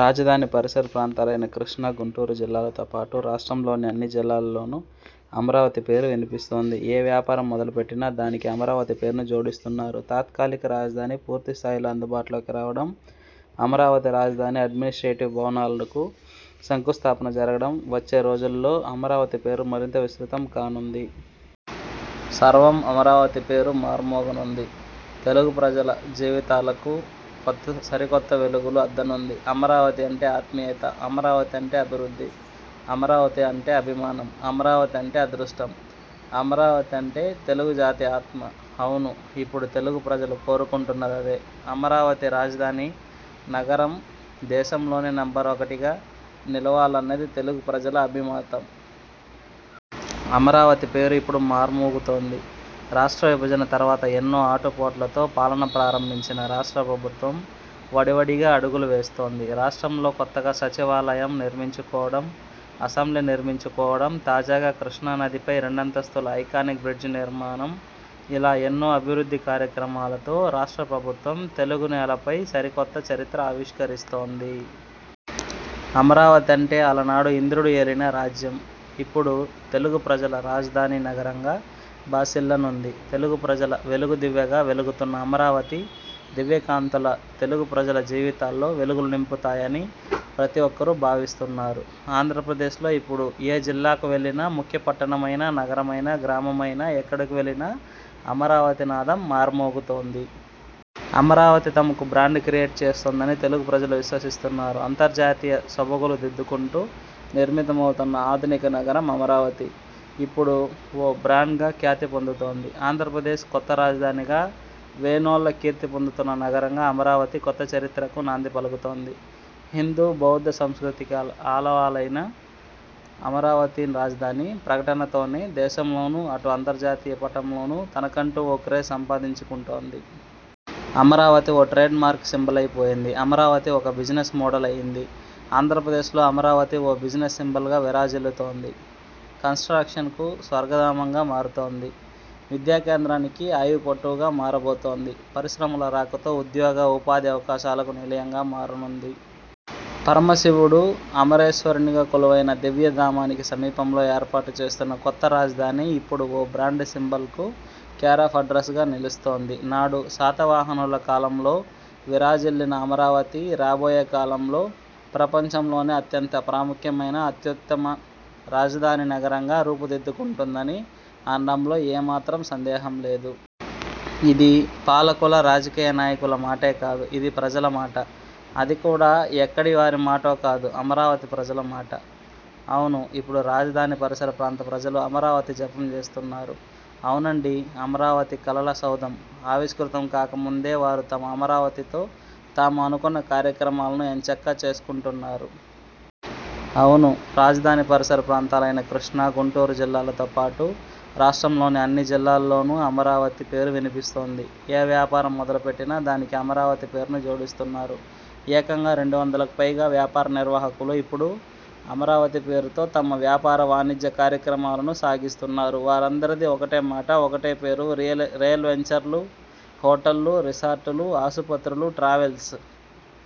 రాజధాని పరిసర ప్రాంతాలైన కృష్ణా, గుంటూరు జిల్లాలతో పాటు, రాష్ట్రంలోని అన్ని జిల్లాల్లోనూ అమరావతి పేరు వినిపిస్తోంది. ఏ వ్యాపారం మొదలుపెట్టినా దానికి అమరావతి పేరును జోడిస్తున్నారు. తాత్కాలిక రాజధాని పూర్తి స్థాయిలో అందుబాటులోకి రావడం, అమరావతి రాజధాని అడ్మినిస్ట్రేటివ్ భవనాలకు శంకుస్థాపన జరగడం వచ్చే రోజుల్లో అమరావతి పేరు మరింత విస్తృతం కానుంది. సర్వం అమరావతి పేరు మార్మోగనుంది. తెలుగు ప్రజల జీవితాలకు సరికొత్త వెలుగులు అద్దనుంది. అమరావతి అంటే ఆత్మీయత, అమరావతి అంటే అభివృద్ధి, అమరావతి అంటే అభిమానం, అమరావతి అంటే అదృష్టం, అమరావతి అంటే తెలుగు జాతి ఆత్మ. అవును ఇప్పుడు తెలుగు ప్రజలు కోరుకుంటున్నదదే. అమరావతి రాజధాని నగరం దేశంలోనే నెంబర్ ఒకటిగా నిలవాలన్నది తెలుగు ప్రజల అభిమాతం. అమరావతి పేరు ఇప్పుడు మార్మోగుతోంది. రాష్ట్ర విభజన తర్వాత ఎన్నో ఆటుపోట్లతో పాలన ప్రారంభించిన రాష్ట్ర ప్రభుత్వం వడివడిగా అడగులు వేస్తోంది. రాష్ట్రంలో కొత్తగా సచివాలయం నిర్మించుకోవడం, అసెంబ్లీ నిర్మించుకోవడం తాజాగా కృష్ణానదిపై రెండస్తుల ఐకానిక్ బ్రిడ్జి నిర్మాణం ఇలా ఎన్నో అభివృద్ధి కార్యక్రమాలతో రాష్ట్ర ప్రభుత్వం తెలుగునేలపై సరికొత్త చరిత్ర ఆవిష్కరిస్తోంది. అమరావతి అంటే అలనాడు ఇంద్రుడు ఏలిన రాజ్యం. ఇప్పుడు తెలుగు ప్రజల రాజధానీ నగరంగా భాసిల్లనుంది. తెలుగు ప్రజల వెలుగు దివ్వెగా వెలుగుతున్న అమరావతి దివ్యకాంతుల తెలుగు ప్రజల జీవితాల్లో వెలుగులు నింపుతాయని ప్రతిఒక్కరూ భావిస్తున్నారు. ఆంధ్రప్రదేశ్లో ఇప్పుడు ఏ జిల్లాకు వెళ్లినా, ముఖ్యపట్టణమైనా, నగరమైనా, గ్రామమైనాఎక్కడకు వెళ్లినా అమరావతి నాదం మార్మోగుతోంది. అమరావతి తమకు బ్రాండ్ క్రియేట్ చేస్తోందని తెలుగు ప్రజలు విశ్వసిస్తున్నారు. అంతర్జాతీయ సొబగులు దిద్దుకుంటూ నిర్మితమవుతున్న ఆధునిక నగరం అమరావతి ఇప్పుడు ఓ బ్రాండ్గా ఖ్యాతి పొందుతోంది. ఆంధ్రప్రదేశ్ కొత్త రాజధానిగా వేనోళ్ల కీర్తి పొందుతున్న నగరంగా అమరావతి కొత్త చరిత్రకు నాంది పలుకుతోంది. హిందూ, బౌద్ధ సంస్కృతికి ఆల్ ఆలవాలమైన అమరావతి రాజధాని ప్రకటనతోనే దేశంలోనూ, అటు అంతర్జాతీయ పటంలోనూ తనకంటూ ఓ క్రేజ్ సంపాదించుకుంటోంది. అమరావతి ఓ ట్రేడ్ మార్క్ సింబలై పోయింది. అమరావతి ఒక బిజినెస్ మోడల్ అయింది. ఆంధ్రప్రదేశ్లో అమరావతి ఓ బిజినెస్ సింబల్గా విరాజిల్లుతోంది. కన్స్ ట్రాక్షన్ కు స్వర్గధామంగా మారుతోంది. విద్యా కేంద్రానికి ఆయువుపట్టుగా మారబోతోంది. పరిశ్రమల రాకతో ఉద్యోగ, ఉపాధి అవకాశాలకు నిలయంగా మారనుంది. పరమశివుడు అమరేశ్వరునిగా కొలువైన దివ్యధామానికి సమీపంలో ఏర్పాటు చేస్తున్న కొత్త రాజధాని ఇప్పుడు ఓ బ్రాండ్ సింబల్కు కేరాఫ్ అడ్రస్ గా నిలుస్తోంది. నాడు శాతవాహనుల కాలంలో విరాజిల్లిన అమరావతి రాబోయే కాలంలో ప్రపంచంలోనే అత్యంత ప్రాముఖ్యమైన, అత్యుత్తమ రాజధాని నగరంగా రూపుదిద్దుకుంటుందని అనడంలో ఏమాత్రం సందేహం లేదు. ఇది పాలకుల, రాజకీయ నాయకుల మాటే కాదు, ఇది ప్రజల మాట. అది కూడా ఎక్కడి వారి మాటో కాదు, అమరావతి ప్రజల మాట. అవును ఇప్పుడు రాజధాని పరిసర ప్రాంత ప్రజలు అమరావతి జపం చేస్తున్నారు. అవునండీ అమరావతి కలల సౌధం ఆవిష్కృతం కాక ముందే వారు తమ అమరావతితో తాము అనుకున్న కార్యక్రమాలను ఎంచక్కా చేసుకుంటున్నారు. అవును రాజధాని పరిసర ప్రాంతాలైన కృష్ణా, గుంటూరు జిల్లాలతో పాటు, రాష్ట్రంలోని అన్ని జిల్లాల్లోనూ అమరావతి పేరు వినిపిస్తోంది. ఏ వ్యాపారం మొదలుపెట్టినా దానికి అమరావతి పేరును జోడిస్తున్నారు. ఏకంగా రెండు వందలకు పైగా వ్యాపార నిర్వాహకులు ఇప్పుడు అమరావతి పేరుతో తమ వ్యాపార వాణిజ్య కార్యక్రమాలను సాగిస్తున్నారు వారందరిదీ ఒకటే మాట, ఒకటే పేరు. రియలు రియల్ వెంచర్లు, హోటళ్లు, రిసార్టులు, ఆసుపత్రులు, ట్రావెల్స్,